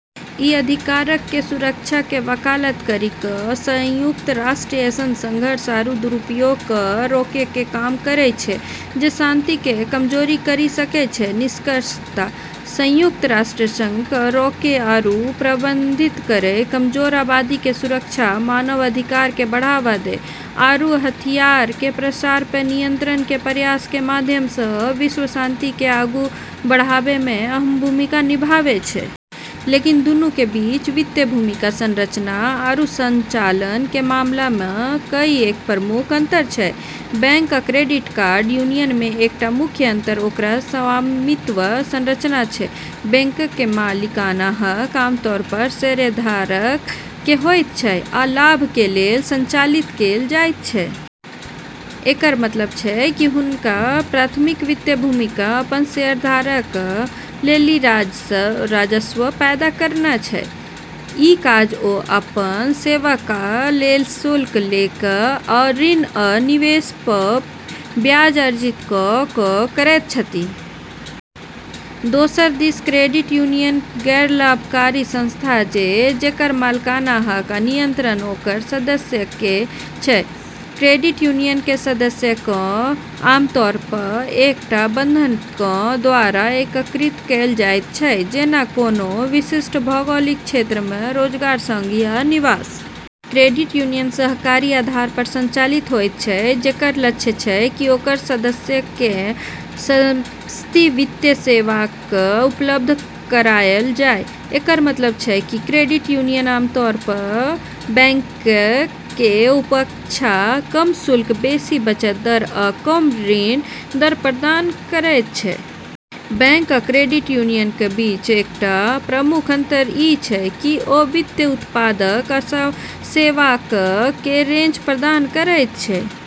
ई अधिकारऽ के सुरक्षा के वकालत करी क॑ संयुक्त राष्ट्र ऐसनऽ संघर्ष आरू दुरुपयोग क॑ रोकै के काम करै छै जे शांति क॑ कमजोर करी सकै छै। निष्कर्षतः, संयुक्त राष्ट्र संघर्ष क॑ रोकै आरू प्रबंधित करै, कमजोर आबादी के सुरक्षा, मानव अधिकारऽ क॑ बढ़ावा दै, आरू हथियार के प्रसार प॑ नियंत्रण के प्रयास के माध्यम स॑ विश्व शांति क॑ आगू बढ़ाबै म॑ अहम भूमिका निभाबै छै। लेकिन, दूनू के बीच वित्तीय भूमिका, संरचना आरू संचालन के मामला म॑ कईएक प्रमुख अंतर छै। बैंक आ क्रेडिट यूनियन मे एकटा मुख्य अंतर ओकर स्वामित्व संरचना छै. बैंकक कें मालिकाना हक आमतौर पर शेयरधारक कें होयत छै आ लाभ कें लेल संचालित कैल जायत छै. एकरऽ मतलब छै कि हुनकऽ प्राथमिक वित्तीय भूमिका अपनऽ शेयरधारकऽ लेली राजस्व पैदा करना छै। ई काज ओ अपन सेवाक लेल शुल्क ल क, आ ऋण आ निवेश पर ब्याज अर्जित क' क' करैत छथि. दोसर दिस क्रेडिट यूनियन गैर-लाभकारी संस्था छै जेकर मालिकाना हक आ नियंत्रण ओकर सदस्यक कें छै. क्रेडिट यूनियन कें सदस्यक कें आमतौर पर एकटा आम बंधन कें द्वारा एकीकृत कैल जायत छै, जेना कोनों विशिष्ट भौगोलिक क्षेत्र मे रोजगार, संघ या निवास. क्रेडिट यूनियन सहकारी आधार पर संचालित होयत छै, जेकर लक्ष्य छै की ओकर सदस्यक कें सस्ती वित्तीय सेवाक उपलब्ध करायल जाय. एकर मतलब छै कि क्रेडिट यूनियन आमतौर पर बैंकक कें अपेक्षा कम शुल्क, बेसि बचत दर आ कम ऋण दर प्रदान करयत छै. बैंक आ क्रेडिट यूनियनक कें बीच एकटा आ प्रमुख अंतर इ छै की ओ वित्तीय उत्पादक आ सेवाक कें रेंज प्रदान करयत छै.